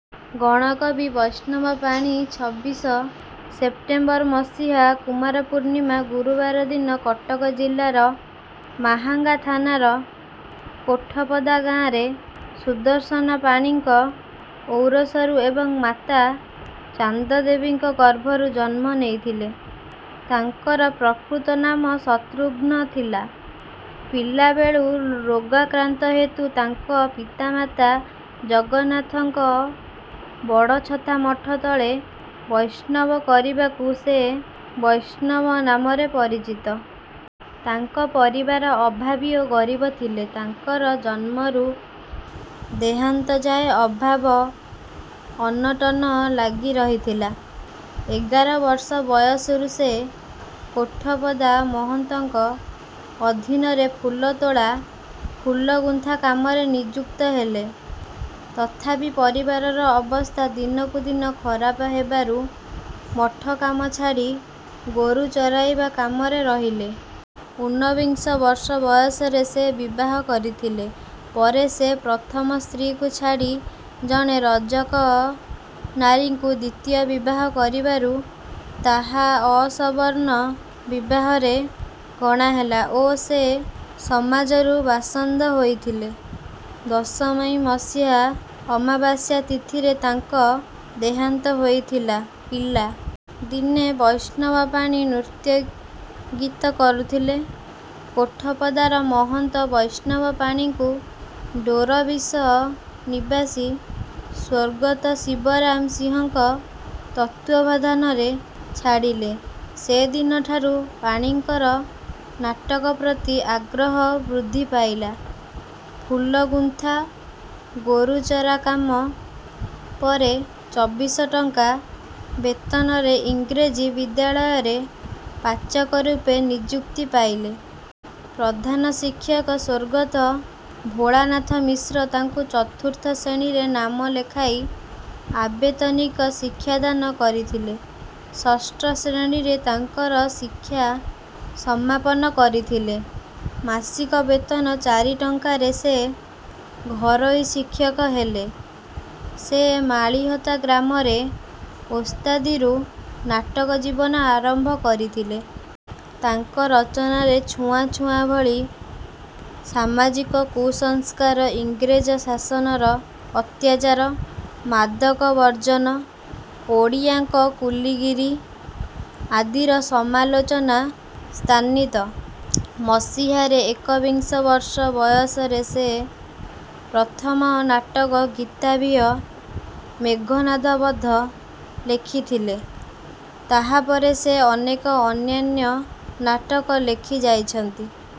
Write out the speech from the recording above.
ଗଣକବି ବୈଷ୍ଣବ ପାଣି ଛବିଶ ସେପ୍ଟେମ୍ବର ମସିହା, କୁମାର ପୂର୍ଣ୍ଣିମା ଗୁରୁବାର ଦିନ କଟକ ଜିଲ୍ଲାର ମାହାଙ୍ଗା ଥାନାର କୋଠପଦା ଗାଁରେ ସୁଦର୍ଶନ ପାଣିଙ୍କ ଔରସରୁ ଏବଂ ମାତା ଚାନ୍ଦଦେବୀଙ୍କ ଗର୍ଭରୁ ଜନ୍ମ ନେଇଥିଲେ। ତାଙ୍କର ପ୍ରକୃତ ନାମ ଶତ୍ରୁଘ୍ନ ଥିଲା। ପିଲାବେଳୁ ରୋଗାକ୍ରାନ୍ତ ହେତୁ ତାଙ୍କ ପିତାମାତା ଜଗନ୍ନାଥଙ୍କ ବଡ଼ଛତା ମଠ ତଳେ ବୈଷ୍ଣବ କରିବାକୁ ସେ ବୈଷ୍ଣବ ନାମରେ ପରିଚିତ। ତାଙ୍କ ପରିବାର ଅଭାବୀ ଓ ଗରିବ ଥିଲେ। ତାଙ୍କର ଜନ୍ମରୁ ଦେହାନ୍ତ ଯାଏଁ ଅଭାବ ଅନଟନ ଲାଗିରହିଥିଲା। ଏଗାର ବର୍ଷ ବୟସରୁ ସେ କୋଠପଦା ମହନ୍ତଙ୍କ ଅଧୀନରେ ଫୁଲତୋଳା, ଫୁଲଗୁନ୍ଥା କାମରେ ନିଯୁକ୍ତ ହେଲେ। ତଥାପି ପରିବାରର ଅବସ୍ଥା ଦିନକୁ ଦିନ ଖରାପ ହେବାରୁ ମଠକାମ ଛାଡ଼ି ଗୋରୁ ଚରାଇବା କାମରେ ରହିଲେ। ଉନବିଂଶ ବର୍ଷ ବୟସରେ ସେ ବିବାହ କରିଥିଲେ। ପରେ ସେ ପ୍ରଥମ ସ୍ତ୍ରୀଙ୍କୁ ଛାଡ଼ି ଜଣେ ରଜକ ନାରୀଙ୍କୁ ଦ୍ୱିତୀୟ ବିବାହ କରିବାରୁ ତାହା ଅସବର୍ଣ୍ଣ ବିବାହରେ ଗଣା ହେଲା ଓ ସେ ସମାଜରୁ ବାସନ୍ଦ ହୋଇଥିଲେ। ଦଶ ମଇ ମସିହା ଅମାବାସ୍ୟା ତିଥିରେ ତାଙ୍କ ଦେହାନ୍ତ ହୋଇଥିଲା। ପିଲା ଦିନେ ବୈଷ୍ଣବ ପାଣି ନୃତ୍ୟଗୀତ କରୁଥିଲେ। କୋଠପଦାର ମହନ୍ତ ବୈଷ୍ଣବ ପାଣିଙ୍କୁ ଡୋରବିଶ ନିବାସୀ ସ୍ୱର୍ଗତ ଶିବରାମ ସିଂହଙ୍କ ତତ୍ତ୍ୱାବଧାନରେ ଛାଡ଼ିଲେ। ସେଦିନଠାରୁ ପାଣିଙ୍କର ନାଟକ ପ୍ରତି ଆଗ୍ରହ ବୃଦ୍ଧି ପାଇଲା। ଫୁଲଗୁନ୍ଥା, ଗୋରୁଚରା କାମ ପରେ ଚବିଶ ଟଙ୍କା ବେତନରେ ଇଂରାଜୀ ବିଦ୍ୟାଳୟରେ ପାଚକରୂପେ ନିଯୁକ୍ତି ପାଇଲେ। ପ୍ରଧାନ ଶିକ୍ଷକ ସ୍ୱର୍ଗତ ଭୋଳାନାଥ ମିଶ୍ର ତାଙ୍କୁ ଚତୁର୍ଥ ଶ୍ରେଣୀରେ ନାମ ଲେଖାଇ ଆବେତନିକ ଶିକ୍ଷା ଦାନ କରିଥିଲେ। ଷଷ୍ଠ ଶ୍ରେଣୀରେ ତାଙ୍କର ଶିକ୍ଷା ସମାପନ କରିଥିଲେ । ମାସିକ ବେତନ ଚାରି ଟଙ୍କାରେ ସେ ଘରୋଇ ଶିକ୍ଷକ ହେଲେ। ସେ ମାଳିହତା ଗ୍ରାମରେ ଓସ୍ତାଦିରୁ ନାଟକ ଜୀବନ ଆରମ୍ଭ କରିଥିଲେ। ତାଙ୍କ ରଚନାରେ ଛୁଆଁଛୁଆଁ ଭଳି ସାମାଜିକ କୁସଂସ୍କାର, ଇଂରେଜ ଶାସନର ଅତ୍ୟାଚାର, ମାଦକ ବର୍ଜନ, ଓଡ଼ିଆଙ୍କ କୁଲିଗିରି ଆଦିର ସମାଲୋଚନା ସ୍ଥାନିତ। ମସିହାରେ, ଏକବିଂଶ ବର୍ଷ ବୟସରେ ସେ ପ୍ରଥମ ନାଟକ ଗୀତାଭିୟ 'ମେଘନାଦ ବଧ' ଲେଖିଥିଲେ। ତାହାପରେ ସେ ଅନେକ ଅନ୍ୟାନ୍ୟ ନାଟକ ଲେଖିଯାଇଛନ୍ତି।